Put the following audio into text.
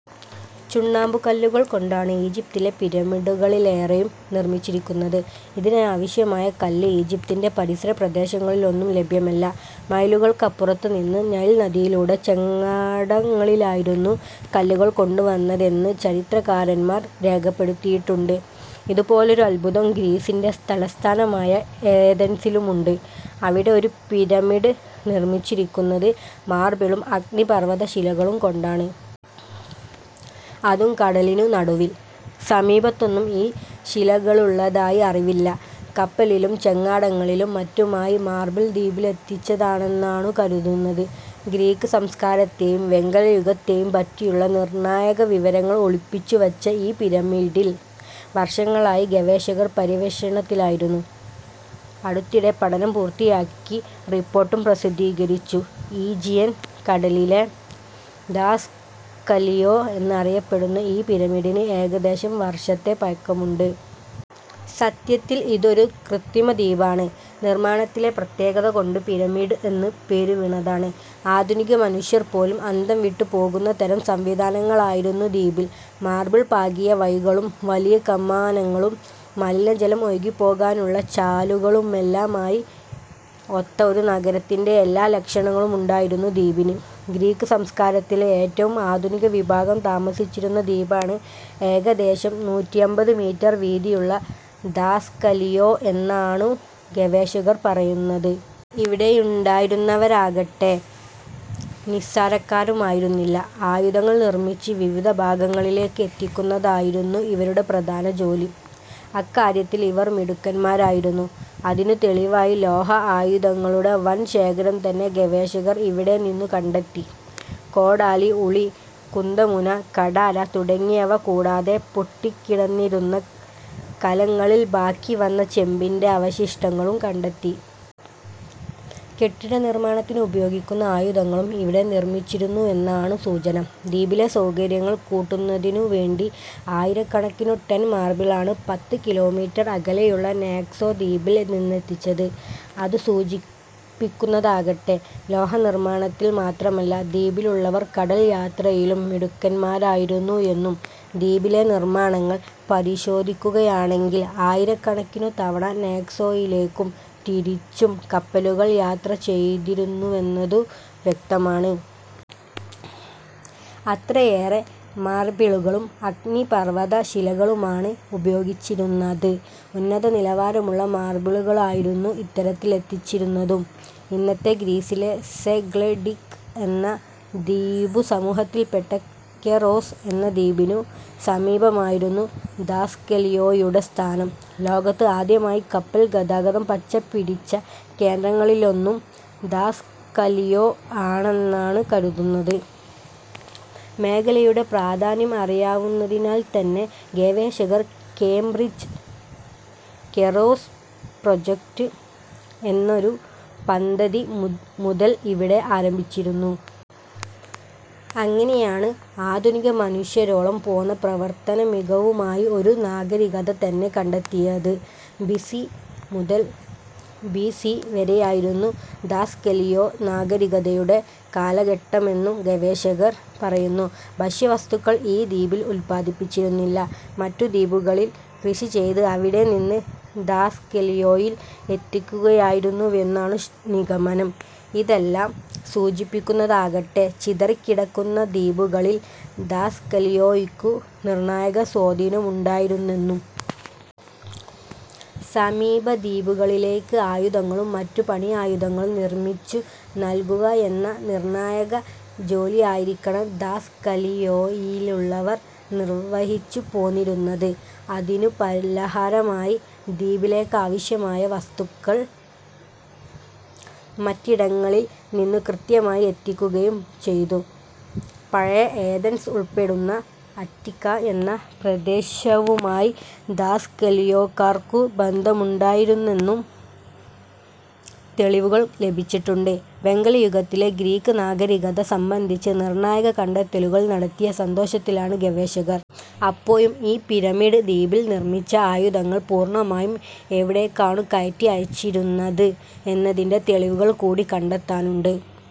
ചുണ്ണാമ്പുകല്ലുകൾ കൊണ്ടാണ് ഈജിപ്തിലെ പിരമിഡുകളിലേറെയും നിർമിച്ചിരിക്കുന്നത്. ഇതിനാവശ്യമായ കല്ല് ഈജിപ്തിന്‍റെ പരിസര പ്രദേശങ്ങളിലൊന്നും ലഭ്യമല്ല. മൈലുകൾക്കപ്പുറത്തു നിന്ന് നൈൽ നദിയിലൂടെ ചങ്ങാടങ്ങളിലായിരുന്നു കല്ലുകൾ കൊണ്ടുവന്നതെന്ന് ചരിത്രകാരന്മാർ രേഖപ്പെടുത്തിയിട്ടുണ്ട്. ഇതുപോലൊരു അദ്ഭുതം ഗ്രീസിന്‍റെ തലസ്ഥാനമായ ഏതൻസിലുമുണ്ട്. അവിടെ ഒരു ' പിരമിഡ് ' നിർമിച്ചിരിക്കുന്നത് മാർബിളും അഗ്നിപർവതശിലകളും കൊണ്ടാണ്. അതും കടലിനു നടുവിൽ. സമീപത്തൊന്നും ഈ ശിലകളുള്ളതായി അറിവില്ല. കപ്പലിലും ചങ്ങാടങ്ങളിലും മറ്റുമായി മാർബിൾ ദ്വീപിലെത്തിച്ചതാണെന്നാണു കരുതുന്നത്. ഗ്രീക്ക് സംസ്കാരത്തെയും വെങ്കലയുഗത്തെയും പറ്റിയുള്ള നിർണായക വിവരങ്ങൾ ഒളിപ്പിച്ചു വച്ച ഈ പിരമിഡിൽ വർഷങ്ങളായി ഗവേഷകർ പര്യവേഷണത്തിലായിരുന്നു. അടുത്തിടെ പഠനം പൂർത്തിയാക്കി റിപ്പോർട്ടും പ്രസിദ്ധീകരിച്ചു. ഈജിയൻ കടലിലെ ധാസ്കലിയോ എന്നറിയപ്പെടുന്ന ഈ പിരമിഡിന് ഏകദേശം വർഷത്തെ പഴക്കമുണ്ട്. സത്യത്തിൽ ഇതൊരു കൃത്രിമദ്വീപാണ്. നിർമാണത്തിലെ പ്രത്യേകത കൊണ്ട് പിരമിഡ് എന്നു പേരു വീണതാണ്. ആധുനിക മനുഷ്യർ പോലും അന്തംവിട്ടു പോകുന്ന തരം സംവിധാനങ്ങളായിരുന്നു ദ്വീപിൽ. മാർബിൾ പാകിയ വഴികളും വലിയ കമാനങ്ങളും മലിനജലം ഒഴുകിപ്പോകാനുള്ള ചാലുകളുമെല്ലാമായി ഒത്ത ഒരു നഗരത്തിന്‍റെ എല്ലാ ലക്ഷണങ്ങളുമുണ്ടായിരുന്നു ദ്വീപിന്. ഗ്രീക്ക് സംസ്കാരത്തിലെ ഏറ്റവും ആധുനികവിഭാഗം താമസിച്ചിരുന്ന ദ്വീപാണ് ഏകദേശം നൂറ്റിയമ്പത് മീറ്റർ വീതിയുള്ള ധാസ്കലിയോ എന്നാണു ഗവേഷകർ പറയുന്നത്. ഇവിടെയുണ്ടായിരുന്നവരാകട്ടെ നിസ്സാരക്കാരുമായിരുന്നില്ല. ആയുധങ്ങൾ നിർമിച്ച് വിവിധ ഭാഗങ്ങളിലേക്ക് എത്തിക്കുന്നതായിരുന്നു ഇവരുടെ പ്രധാന ജോലി. അക്കാര്യത്തിൽ ഇവർ മിടുക്കന്മാരുമായിരുന്നു. അതിനു തെളിവായി ലോഹ ആയുധങ്ങളുടെ വൻ ശേഖരം തന്നെ ഗവേഷകർ ഇവിടെ നിന്നു കണ്ടെത്തി. കോടാലി, ഉളി, കുന്തമുന, കഠാര തുടങ്ങിയവ കൂടാതെ പൊട്ടിക്കിടന്നിരുന്ന കലങ്ങളിൽ ബാക്കി വന്ന ചെമ്പിന്‍റെ അവശിഷ്ടങ്ങളും കണ്ടെത്തി. കെട്ടിട നിർമാണത്തിനുപയോഗിക്കുന്ന ആയുധങ്ങളും ഇവിടെ നിർമിച്ചിരുന്നുവെന്നാണു സൂചന. ദ്വീപിലെ സൗകര്യങ്ങൾ കൂട്ടുന്നതിനു വേണ്ടി ആയിരക്കണക്കിനു ടൺ മാർബിളാണ് പത്ത് കിലോമീറ്റർ അകലെയുള്ള നാക്സോ ദ്വീപിൽ നിന്നെത്തിച്ചത്. അതു സൂചിപ്പിക്കുന്നതാകട്ടെ, ലോഹനിർമാണത്തിൽ മാത്രമല്ല, ദ്വീപിലുള്ളവർ കടൽയാത്രയിലും മിടുക്കന്മാരായിരുന്നു എന്നും. ദ്വീപിലെ നിർമാണങ്ങൾ പരിശോധിക്കുകയാണെങ്കിൽ ആയിരക്കണക്കിനു തവണ നാക്സോയിലേക്കും തിരിച്ചും കപ്പലുകൾ യാത്ര ചെയ്തിരുന്നുവെന്നതു വ്യക്തമാണ്. അത്രയേറെ മാർബിളുകളും അഗ്നിപർവത ശിലകളുമാണ് ഉപയോഗിച്ചിരുന്നത്. ഉന്നത നിലവാരമുള്ള മാർബിളുകളായിരുന്നു ഇത്തരത്തിൽ എത്തിച്ചിരുന്നതും. ഇന്നത്തെ ഗ്രീസിലെ സെഗ്ലഡിക് എന്ന ദ്വീപുസമൂഹത്തിൽപ്പെട്ട കെറോസ് എന്ന ദ്വീപിനു സമീപമായിരുന്നു ധാസ്കലിയോയുടെ സ്ഥാനം. ലോകത്ത് ആദ്യമായി കപ്പൽ ഗതാഗതം പച്ചപിടിച്ച കേന്ദ്രങ്ങളിലൊന്നും ധാസ്കലിയോ ആണെന്നാണു കരുതുന്നത്. മേഖലയുടെ പ്രധാന്യം അറിയാവുന്നതിനാൽത്തന്നെ ഗവേഷകർ കേംബ്രിജ് കെറോസ് പ്രോജക്ട് എന്നൊരു പദ്ധതി മുതൽ ഇവിടെ ആരംഭിച്ചിരുന്നു. അങ്ങനെയാണ് ആധുനിക മനുഷ്യരോളം പോന്ന പ്രവർത്തനമികവുമായി ഒരു നാഗരികത തന്നെ കണ്ടെത്തിയത്. ബിസി മുതൽ ബിസി വരെയായിരുന്നു ധാസ്കലിയോ നാഗരികതയുടെ കാലഘട്ടമെന്നും ഗവേഷകർ പറയുന്നു. ഭക്ഷ്യവസ്തുക്കള്‍ ഈ ദ്വീപിൽ ഉൽപാദിപ്പിച്ചിരുന്നില്ല. മറ്റു ദ്വീപുകളില്‍ കൃഷി ചെയ്ത് അവിടെ നിന്ന് ധാസ്കലിയോയിൽ എത്തിക്കുകയായിരുന്നുവെന്നാണു നിഗമനം. ഇതെല്ലാം സൂചിപ്പിക്കുന്നതാകട്ടെ, ചിതറിക്കിടക്കുന്ന ദ്വീപുകളിൽ ധാസ്കലിയോയ്ക്കു നിർണായക സ്വാധീനമുണ്ടായിരുന്നെന്നും. സമീപദ്വീപുകളിലേക്ക് ആയുധങ്ങളും മറ്റു പണിയായുധങ്ങളും നിർമിച്ചു നൽകുകയെന്ന നിർണായക ജോലിയായിരിക്കണം ധാസ്കലിയോയിലുള്ളവർ നിർവഹിച്ചു പോന്നിരുന്നത്. അതിനു പലഹാരമായി ദ്വീപിലേക്കാവശ്യമായ വസ്തുക്കൾ മറ്റിടങ്ങളിൽ നിന്നു കൃത്യമായി എത്തിക്കുകയും ചെയ്തു. പഴയ ഏതൻസ് ഉൾപ്പെടുന്ന അറ്റിക്ക എന്ന പ്രദേശവുമായി ധാസ്കലിയോക്കാർക്കു ബന്ധമുണ്ടായിരുന്നെന്നും തെളിവുകൾ ലഭിച്ചിട്ടുണ്ട്. വെങ്കലയുഗത്തിലെ ഗ്രീക്ക് നാഗരികത സംബന്ധിച്ച് നിർണായക കണ്ടെത്തലുകൾ നടത്തിയ സന്തോഷത്തിലാണ് ഗവേഷകർ. അപ്പോഴും ഈ ' പിരമിഡ് ദ്വീപിൽ ' നിർമിച്ച ആയുധങ്ങൾ പൂർണമായും എവിടേക്കാണു കയറ്റി അയച്ചിരുന്നത് എന്നതിന്‍റെ തെളിവുകൾ കൂടി കണ്ടെത്താനുണ്ട്.